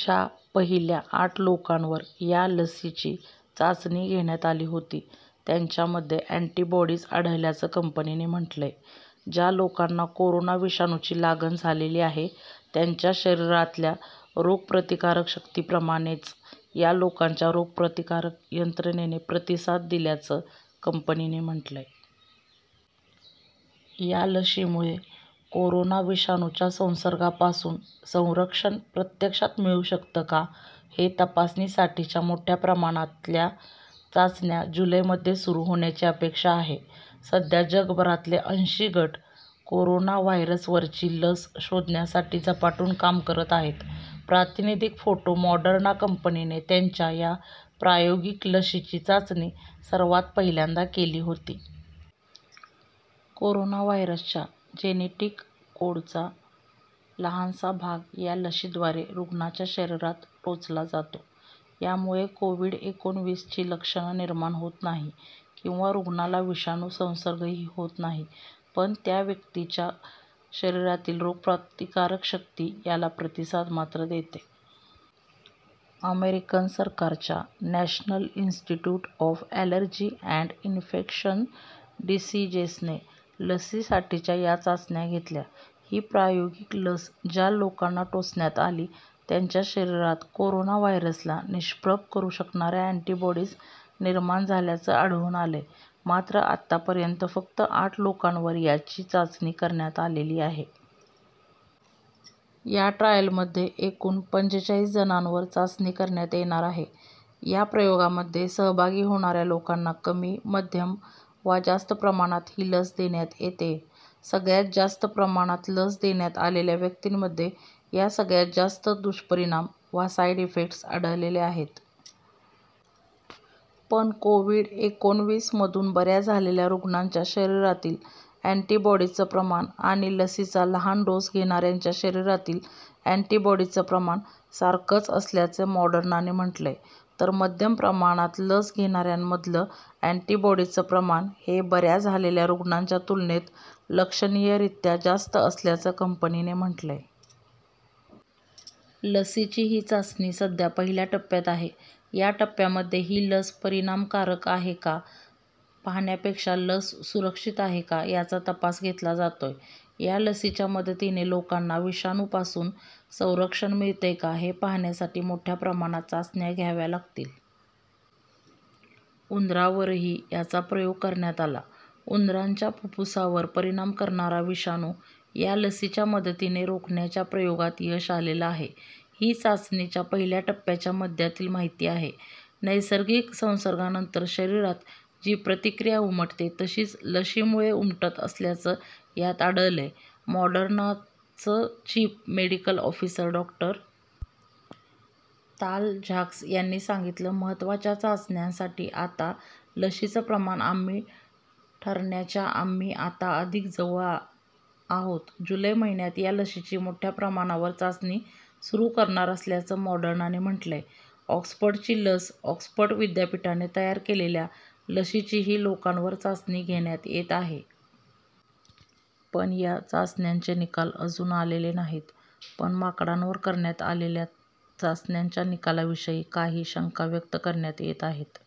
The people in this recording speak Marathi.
ज्या पहिल्या आठ लोकांवर या लशीची चाचणी घेण्यात आली होती, त्यांच्यामध्ये अँटीबॉडीज आढळल्याचं कंपनीने म्हटलंय. ज्या लोकांना कोरोना विषाणूची लागण झालेली आहे, त्यांच्या शरीरातल्या रोगप्रतिकारक शक्तीप्रमाणेच या लोकांच्या रोगप्रतिकारक यंत्रणेने प्रतिसाद दिल्याचं कंपनीने म्हटलंय. या लशीमुळे कोरोना विषाणूच्या संसर्गापासून संरक्षण प्रत्यक्षात मिळू शकतं का, हे तपासण्यासाठीच्या मोठ्या प्रमाणातल्या चाचण्या जुलैमध्ये सुरू होण्याची अपेक्षा आहे. सध्या जगभरातले अंशी गट कोरोना व्हायरसवरची लस शोधण्यासाठी झपाटून काम करत आहेत. प्रातिनिधिक फोटो मॉडर्ना कंपनीने त्यांच्या या प्रायोगिक लशीची चाचणी सर्वांत पहिल्यांदा केली होती. कोरोना व्हायरसच्या जेनेटिक कोडचा लहानसा भाग या लशीद्वारे रुग्णाच्या शरीरात टोचला जातो. यामुळे कोव्हिड एकोणविस ची लक्षणं निर्माण होत नाही किंवा रुग्णाला विषाणू संसर्गही होत नाही. पण त्या व्यक्तीच्या शरीरातली रोगप्रतिकारक शक्ती याला प्रतिसाद मात्र देते. अमेरिकन सरकारच्या National Institute of Allergy and Infectious डिसीजेसने लशीसाठीच्या या चाचण्या घेतल्या. ही प्रायोगिक लस ज्या लोकांना टोचण्यात आली, त्यांच्या शरीरात कोरोना व्हायरसला निष्प्रभ करू शकणाऱ्या अँटीबॉडीज निर्माण झाल्याचं आढळून आलंय. मात्र, आतापर्यंत फक्त आठ लोकांवर याची चाचणी करण्यात आलेली आहे. या ट्रायलमध्ये एकूण पंचेचाळीस जणांवर चाचणी करण्यात येणार आहे. या प्रयोगामध्ये सहभागी होणाऱ्या लोकांना कमी, मध्यम वा जास्त प्रमाणात ही लस देण्यात येतेय. सगळ्यांत जास्त प्रमाणात लस देण्यात आलेल्या व्यक्तींमध्ये या सगळ्यात जास्त दुष्परिणाम वा साईड इफेक्ट्स आढळलेले आहेत. पण कोव्हिड एकोणविस मधून बऱ्या झालेल्या रुग्णांच्या शरीरातील अँटीबॉडिजचं प्रमाण आणि लसीचा लहान डोस घेणाऱ्यांच्या शरीरातील अँटीबॉडिजचं प्रमाण सारखंच असल्याचं मॉडर्नाने म्हटलंय. तर मध्यम प्रमाणात लस घेणाऱ्यांमधलं अँटीबॉडिजचं प्रमाण हे बऱ्या झालेल्या रुग्णांच्या तुलनेत 'लक्षणीयरीत्या जास्त' असल्याचं कंपनीने म्हटलंय. लसीची ही चाचणी सध्या पहिल्या टप्प्यात आहे. या टप्प्यामध्ये ही लस परिणामकारक आहे का पाहण्यापेक्षा लस सुरक्षित आहे का, याचा तपास घेतला जातोय. या लसीच्या मदतीने लोकांना विषाणूपासून संरक्षण मिळतंय का हे पाहण्यासाठी मोठ्या प्रमाणात चाचण्या घ्याव्या लागतील. उंदरांवरही याचा प्रयोग करण्यात आला. उंदरांच्या फुफ्फुसांवर परिणाम करणारा विषाणू या लसीच्या मदतीने रोखण्याच्या प्रयोगात यश आलेलं आहे. ही चाचणीच्या पहिल्या टप्प्याच्या मध्यातली माहिती आहे. नैसर्गिक संसर्गानंतर शरीरात जी प्रतिक्रिया उमटते तशीच लशीमुळे उमटत असल्याचं यात आढळलंय मॉर्डनाच् chief medical officer Dr. Tal Zaks यांनी सांगितलं. महत्त्वाच्या चाचण्यांसाठी आता लशीचं प्रमाण आम्ही ठरण्याच्या आम्ही आता अधिक जवळ आहोत. जुलै महिन्यात या लशीची मोठ्या प्रमाणावर चाचणी सुरू करणार असल्याचं मॉडर्नाने म्हटलंय. ऑक्सफर्डची लस ऑक्सफर्ड विद्यापीठाने तयार केलेल्या लशीचीही लोकांवर चाचणी घेण्यात येत आहे. पण या चाचण्यांचे निकाल अजून आलेले नाहीत. पण माकडांवर करण्यात आलेल्या चाचण्यांच्या निकालांविषयी काही शंका व्यक्त करण्यात येत आहेत.